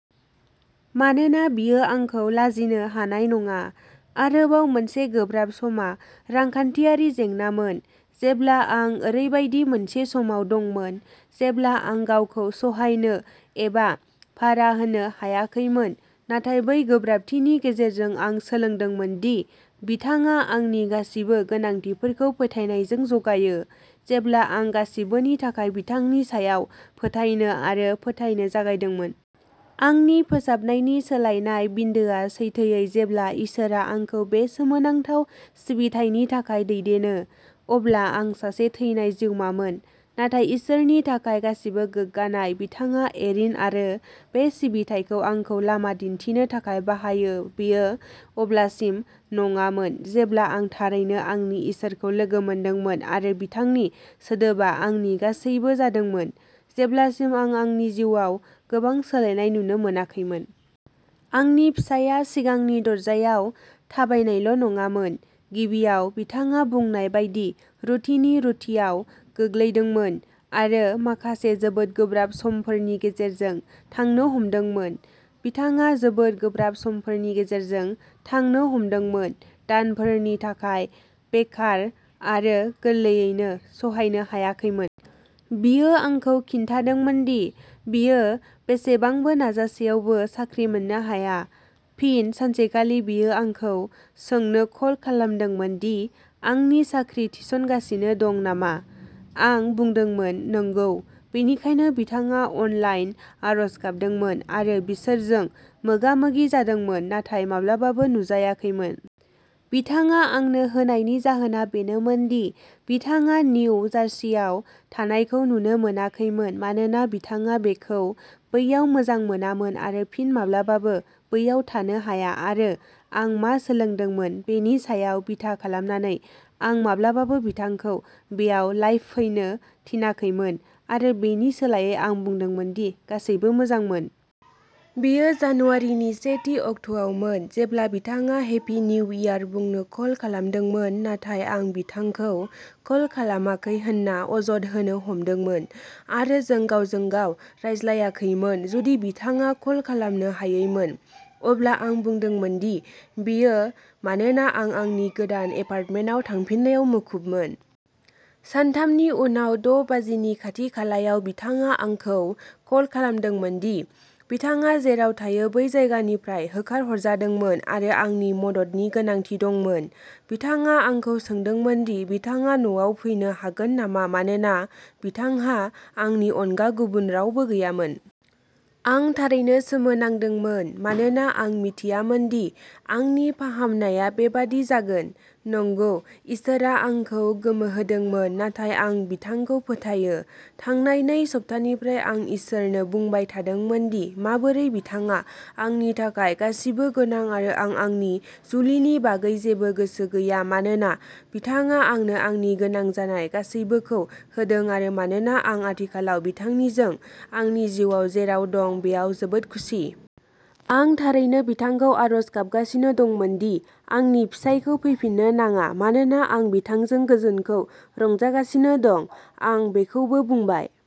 मानोना बियो आंखौ लाजिनो हानाय नङा। आरोबाव मोनसे गोब्राब समा रांखान्थियारि जेंनामोन, जेब्ला आं ओरैबायदि मोनसे समाव दंमोन जेब्ला आं गावखौ सहायनो एबा भारा होनो हायाखैमोन। नाथाय बै गोब्राबथिनि गेजेरजों आं सोलोंदोंमोन दि बिथाङा आंनि गासिबो गोनांथिफोरखौ फोथायनायजों जगायो, जेब्ला आं गासिबोनि थाखाय बिथांनि सायाव फोथायनो आरो फोथायनो जागायदोंमोन। आंनि फोसाबनायनि सोलायनाय बिन्दोआ सैथोयै जेब्ला इसोरआ आंखौ बे सोमोनांथाव सिबिथायनि थाखाय दैदेनो। अब्ला आं सासे थैनाय जिउमामोन, नाथाय इसोरनि थाखाय गासिबो गोग्गानाय बिथाङा एरिन आरो बे सिबिथायखौ आंखौ लामा दिन्थिनो थाखाय बाहायो बेयो अब्लासिम नङामोन जेब्ला आं थारैनो आंनि इसोरखौ लोगो मोनदोंमोन आरो बिथांनि सोदोबआ आंनि गासैबो जादोंमोन, जेब्लासिम आं आंनि जिउआव गोबां सोलायनाय नुनो मोनाखैमोन। आंनि फिसायआ सिगांनि दरजायाव थाबायनायल' नङामोन। गिबियाव, बिथाङा बुंनाय बायदि रुटिनि रुटिआव गोग्लैदोंमोन आरो माखासे जोबोद गोब्राब समफोरनि गेजेरजों थांनो हमदोंमोन। बिथाङा जोबोद गोब्राब समफोरनि गेजेरजों थांनो हमदोंमोन। दानफोरनि थाखाय बेकार आरो गोरलैयैनो सहायनो हायाखैमोन। बियो आंखौ खिन्थादोंमोन दि बियो बेसेबांबो नाजासेयावबो साख्रि मोननो हाया। फिन सानसेखालि बियो आंखौ सोंनो कल खालामदोंमोन दि आंनि साख्रि थिसनगासिनो दं नामा। आं बुंदोंमोन नंगौ, बेनिखायनो बिथाङा अनलाइन आरज गाबदोंमोन आरो बिसोरजों मोगा-मोगि जादोंमोन नाथाय माब्लाबाबो नुजायाखैमोन। बिथाङा आंनो होनायनि जाहोना बेनोमोन दि बिथाङा निउ जार्सीआव थानायखौ नुनो मोनाखैमोन मानोना बिथाङा बेखौ बैयाव मोजां मोनामोन आरो फिन माब्लाबाबो बैयाव थानो हाया आरो आं मा सोलोंदोंमोन बेनि सायाव बिथा खालामनानै, आं माब्लाबाबो बिथांखौ बेयाव लाइभ फैनो थिनाखैमोन आरो बेनि सोलायै आं बुंदोंमोन दि गासैबो मोजांमोन। बेयो जानुवारिनि सेथि अक्ट'आवमोन जेब्ला बिथाङा हेपि निउ इयार बुंनो कल खालामदोंमोन नाथाय आं बिथांखौ कल खालामाखै होनना अजद होनो हमदोंमोन आरो जों गावजों-गाव रायज्लायाखैमोन जुदि बिथाङा कल खालामनो हायैमोन। अब्ला आं बुंदोंमोन दि बेयो मानोना आं आंनि गोदान एपार्टमेन्टआव थांफिननायाव मुखुबमोन। सानथामनि उनाव द' बाजिनि खाथि-खालायाव बिथाङा आंखौ कल खालामदोंमोन दि बिथाङा जेराव थायो बै जायगानिफ्राय होखारहरजादोंमोन आरो आंनि मददनि गोनांथि दंमोन। बिथाङा आंखौ सोंदोंमोन दि बिथाङा न'आव फैनो हागोन नामा मानोना बिथांहा आंनि अनगा गुबुन रावबो गैयामोन। आं थारैनो सोमोनांदोंमोन मानोना आं मिथियामोन दि आंनि फाहामनाया बेबादि जागोन। नंगौ, इसोरआ आंखौ गोमोहोदोंमोन नाथाय आं बिथांखौ फोथायो। थांनाय नै सप्तानिफ्राय आं इसोरनो बुंबाय थादोंमोन दि माबोरै बिथाङा आंनि थाखाय गासिबो गोनां आरो आं आंनि जुलिनि बागै जेबो गोसो गैया मानोना बिथाङा आंनो आंनि गोनां जानाय गासैबोखौ होदों आरो मानोना आं आथिखालाव बिथांनिजों आंनि जिउआव जेराव दं बेयाव जोबोद खुसि। आं थारैनो बिथांखौ आरज गाबगासिनो दंमोन दि आंनि फिसायखौ फैफिननो नाङा मानोना आं बिथांजों गोजोनखौ रंजागासिनो दं। आं बेखौबो बुंबाय।